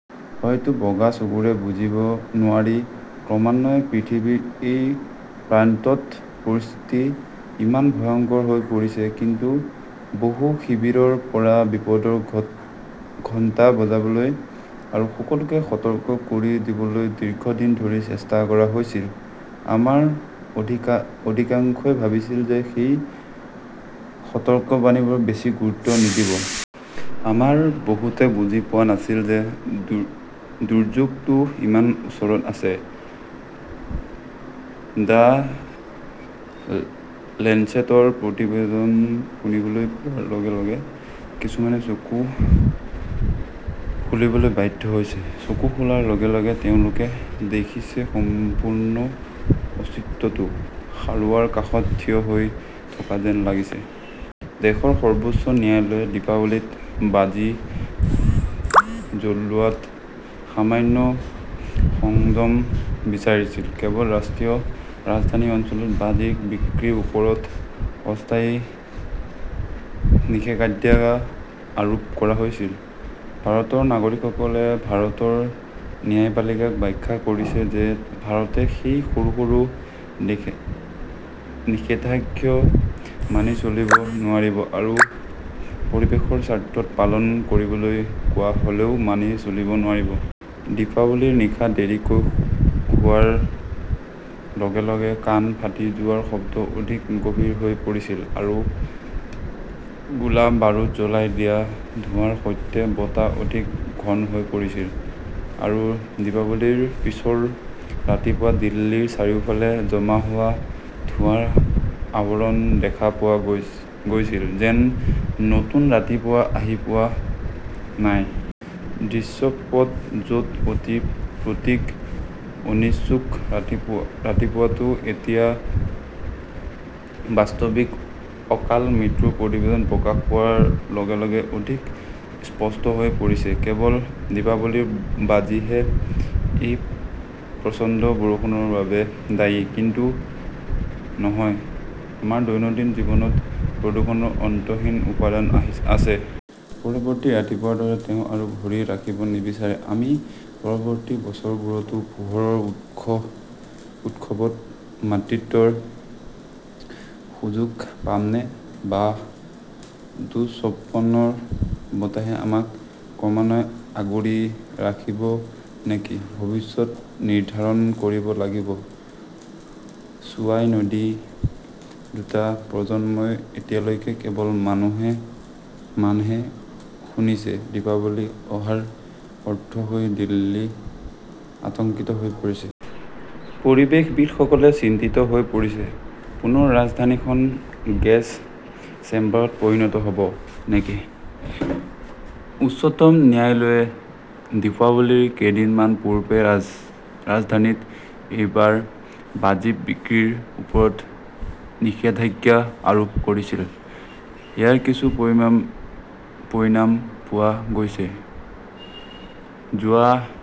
হয়তো বগা চকুৰে বুজিব নোৱাৰি, ক্ৰমান্বয়ে পৃথিৱীৰ এই প্ৰান্তত পৰিস্থিতি ইমান ভয়ংকৰ হৈ পৰিছে। কিন্তু বহু শিবিৰৰ পৰা বিপদৰ ঘণ্টা বজাবলৈ আৰু সকলোকে সতৰ্ক কৰি দিবলৈ দীৰ্ঘদিন ধৰি চেষ্টা কৰা হৈছিল। আমাৰ অধিকাংশই ভাবিছিল যে সেই সতৰ্কবাণীবোৰক বেছি গুৰুত্ব নিদিব। আমাৰ বহুতে বুজি পোৱা নাছিল যে দুৰ্যোগটো ইমান ওচৰত আছে। দ্য লেঞ্চেটৰ প্ৰতিবেদন শুনিবলৈ পোৱাৰ লগে লগে কিছুমানে চকু খুলিবলৈ বাধ্য হৈছে। চকু খোলাৰ লগে লগে তেওঁলোকে দেখিছে, সম্পূৰ্ণ অস্তিত্বটো খাৰুৱাৰ কাষত থিয় হৈ থকা যেন লাগিছে। দেশৰ সৰ্বোচ্চ ন্যায়ালয়ে দীপাৱলীত বাজি জ্বলোৱাত সামান্য সংযম বিচাৰিছিল। কেৱল ৰাষ্ট্ৰীয় ৰাজধানী অঞ্চলত বাজি বিক্ৰীৰ ওপৰত অস্থায়ী নিষেধাজ্ঞা আৰোপ কৰা হৈছিল। ভাৰতৰ নাগৰিকসকলে ভাৰতৰ ন্যায়পালিকাক ব্যাখ্যা কৰিছে যে ভাৰতে সেই সৰু সৰু নিষেধাজ্ঞাও মানি চলিব নোৱাৰিব আৰু পৰিৱেশৰ স্বাৰ্থত পালন কৰিবলৈ কোৱা হ "লেও মানি চলিব নোৱাৰিব। দীপাৱলীৰ নিশা দেৰিকৈ হোৱাৰ লগে লগে কাণ ফাটি যোৱাৰ শব্দ অধিক গভীৰ হৈ পৰিছিল, আৰু গোলা-বাৰুদ জ্বলাই দিয়া ধোঁৱাৰ সৈতে বতাহ অধিক ঘন হৈ পৰিছিল। আৰু দীপাৱলীৰ পিছৰ ৰাতিপুৱা দিল্লীৰ চাৰিওফালে জমা হোৱা ধোঁৱাৰ আৱৰণ দেখা পোৱা গৈছিল, যেন নতুন ৰাতিপুৱা আহি পোৱা নাই। দৃশ্যপট য 'ত অতি প্ৰতীকী, অনিচ্ছুক ৰাতিপুৱাটো এতিয়া বাস্তৱিক, অকাল মৃত্যুৰ প্ৰতিবেদন প্ৰকাশ পোৱাৰ লগে লগে অধিক স্পষ্ট হৈ পৰিছে। কেৱল দীপাৱলীৰ বাজিহে এই প্ৰচণ্ড প্ৰদূষণৰ বাবে দায়ী, কিন্তু নহয়। আমাৰ দৈনন্দিন জীৱনত প্ৰদূষণৰ অন্তহীন উপাদান আছে। পৰৱৰ্তী ৰাতিপুৱাৰ দৰে তেওঁ আৰু ভৰি ৰাখিব নিবিচাৰে। আমি পৰৱৰ্তী বছৰবোৰতো পোহৰৰ উৎসৱত মাতৃত্বৰ সুযোগ পামনে? বা দুঃস্বপ্নৰ বতাহে আমাক ক্ৰমান্বয়ে আগুৰি ৰাখিব নেকি? ভৱিষ্যত নিৰ্ধাৰণ কৰিব লাগিব। ছোৱাই নদীঃ দুটা প্ৰজন্মই এতিয়ালৈকে কেৱল নামহে শুনিছে দীপাৱলী অহাৰ অৰ্থ হৈছে দিল্লী আতংকিত হৈ পৰিছে। পৰিৱেশবিদসকলে চিন্তিত হৈ পৰিছে। পুনৰ ৰাজধানীখন গেছ চেম্বাৰত পৰিণত হ "ব নেকি? উচ্চতম ন্যায়ালয়ে দীপাৱলীৰ কেইদিনমান পূৰ্বে ৰাজধানীত এইবাৰ বাজি বিক্ৰীৰ ওপৰত নিষেধাজ্ঞা আৰোপ কৰিছিল। ইয়াৰ কিছু পৰিণাম পোৱা গৈছে। যোৱা